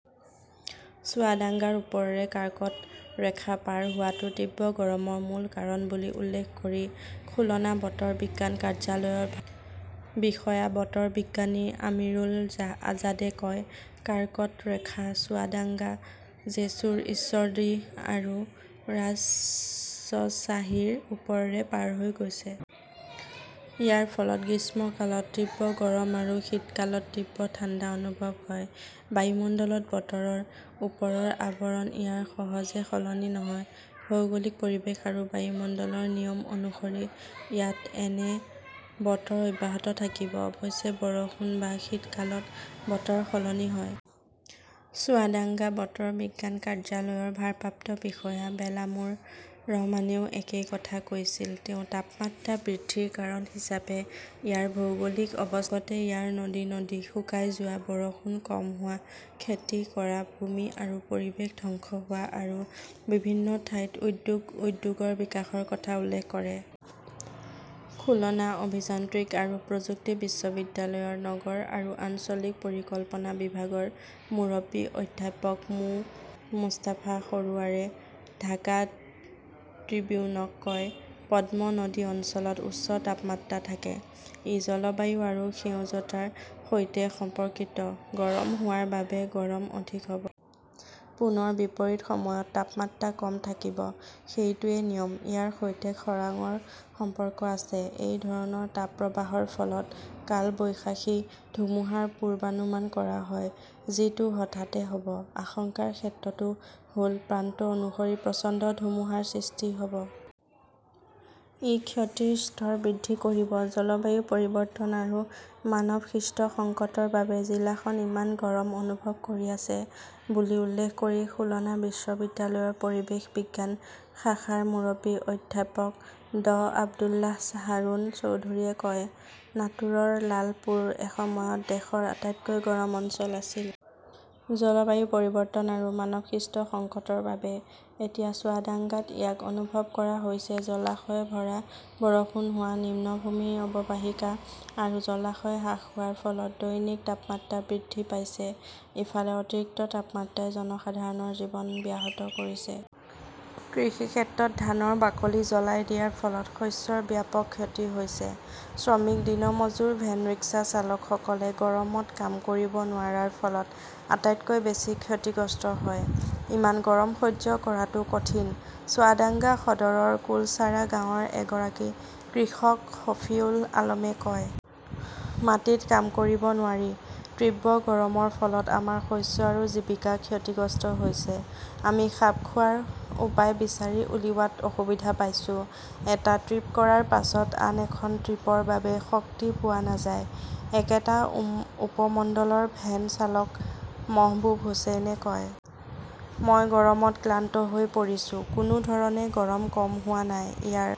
চুৱাদাঙ্গাৰ ওপৰেৰে কাৰ্কট ৰেখা পাৰ হোৱাটো তীব্ৰ গৰমৰ মূল কাৰণ বুলি উল্লেখ কৰি খুলনা বতৰ বিজ্ঞান কাৰ্যালয়ৰ ভাৰপ্ৰাপ্ত বিষয়া বতৰ বিজ্ঞানী আমিৰুল আজাদে কয়, "কাৰ্কট ৰেখা চুৱাদাঙ্গা, জেছুৰ, ঈশ্বৰদী আৰু ৰাজশ্বাহীৰ ওপৰেৰে পাৰ হৈ গৈছে। ইয়াৰ ফলত গ্ৰীষ্মকালত তীব্ৰ গৰম আৰু শীতকালত তীব্ৰ ঠাণ্ডা অনুভৱ হয়। বায়ুমণ্ডলত বতৰৰ ওপৰৰ আৱৰণ ইয়াত সহজে সলনি নহয়। ভৌগোলিক পৰিৱেশ আৰু বায়ুমণ্ডলৰ নিয়ম অনুসৰি ইয়াত এনে বতৰ অব্যাহত থাকিব। অৱশ্যে, বৰষুণ বা শীতকালত বতৰ সলনি হয়। "চুৱাদাংগা বতৰ বিজ্ঞান কাৰ্যালয়ৰ ভাৰপ্ৰাপ্ত বিষয়া বেলামুৰ ৰহমানেও একেই কথা কৈছিল। তেওঁ তাপমাত্ৰা বৃদ্ধিৰ কাৰণ হিচাপে ইয়াৰ ভৌগোলিক অৱস্থানৰ লগতে ইয়াৰ নদী-নদী শুকাই যোৱা, বৰষুণ কম হোৱা, খেতি কৰা ভূমি আৰু পৰিৱেশ ধ্বংস হোৱা, আৰু বিভিন্ন ঠাইত উদ্যোগ-উদ্যোগৰ বিকাশৰ কথা উল্লেখ কৰে। খুলনা অভিযান্ত্ৰিক আৰু প্ৰযুক্তি বিশ্ববিদ্যালয়ৰ নগৰ আৰু আঞ্চলিক পৰিকল্পনা বিভাগৰ মুৰব্বী অধ্যাপক মো. মুস্তাফা সৰোৱাৰে ঢাকা ট্ৰিবিউনক কয়, "পদ্মা নদী অঞ্চলত উচ্চ তাপমাত্ৰা থাকে। ই জলবায়ু আৰু সেউজতাৰ সৈতে সম্পৰ্কিত। গৰম হোৱাৰ বাবে গৰম অধিক হ "ব। পুনৰ বিপৰীত সময়ত তাপমাত্ৰা কম থাকিব। সেইটোৱেই নিয়ম। ইয়াৰ সৈতে খৰাংৰ সম্পৰ্ক আছে। এই ধৰণৰ তাপপ্ৰবাহৰ ফলত কালবৈশাখী ধুমুহাৰ পূৰ্বানুমান কৰা হয়, যিটো হঠাতে হ "ব। আশংকাৰ ক্ষেত্ৰটো হ "ল প্ৰান্ত অনুসৰি প্ৰচণ্ড ধুমুহাৰ সৃষ্টি হ" ব। ই ক্ষতিৰ স্তৰ বৃদ্ধি কৰিব। "জলবায়ু পৰিৱৰ্তন আৰু মানৱসৃষ্ট সংকটৰ বাবে জিলাখন ইমান গৰম অনুভৱ কৰি আছে বুলি উল্লেখ কৰি খুলনা বিশ্ববিদ্যালয়ৰ পৰিৱেশ বিজ্ঞান শাখাৰ মুৰব্বী অধ্যাপক ড আব্দুল্লাহ হাৰুন চৌধুৰীয়ে কয়", নাটোৰৰ লালপুৰ এসময়ত দেশৰ আটাইতকৈ গৰম অঞ্চল আছিল। জলবায়ু পৰিৱৰ্তন আৰু মানৱসৃষ্ট সংকটৰ বাবে এতিয়া চুৱাডাংগাত ইয়াক অনুভৱ কৰা হৈছে। জলাশয় ভৰা, বৰষুণ হোৱা, নিম্নভূমিৰ অৱবাহিকা আৰু জলাশয় হ্ৰাস হোৱাৰ ফলত দৈনিক তাপমাত্ৰা বৃদ্ধি পাইছে। "ইফালে, অতিৰিক্ত তাপমাত্ৰাই জনসাধাৰণৰ জীৱন ব্যাহত কৰিছে। কৃষিক্ষেত্ৰৰ ধানৰ বাকলি জ্বলাই দিয়াৰ ফলত শস্যৰ ব্যাপক ক্ষতি হৈছে। শ্ৰমিক, দিনমজুৰ, ভেন-ৰিক্সা চালকসকলে গৰমত কাম কৰিব নোৱাৰাৰ ফলত আটাইতকৈ বেছি ক্ষতিগ্ৰস্ত হয়। "ইমান গৰম সহ্য কৰাটো কঠিন", চুৱাদাঙ্গা সদৰৰ কুলচাৰা গাঁৱৰ এগৰাকী কৃষক শফিউল আলমে কয়। মাটিত কাম কৰিব নোৱাৰি। তীব্ৰ গৰমৰ ফলত আমাৰ শস্য আৰু জীৱিকা ক্ষতিগ্ৰস্ত হৈছে। আমি খাপ খোৱাৰ উপায় বিচাৰি উলিওৱাত অসুবিধা পাইছো। "এটা ট্ৰিপ কৰাৰ পিছত আন এখন ট্ৰিপৰ বাবে শক্তি পোৱা নাযায়", একেটা উপমণ্ডলৰ ভেন চালক মহবুব হুচেইনে কয়। মই গৰমত ক্লান্ত হৈ পৰিছো। কোনো ধৰণে গৰম কম হোৱা নাই। ইয়াৰ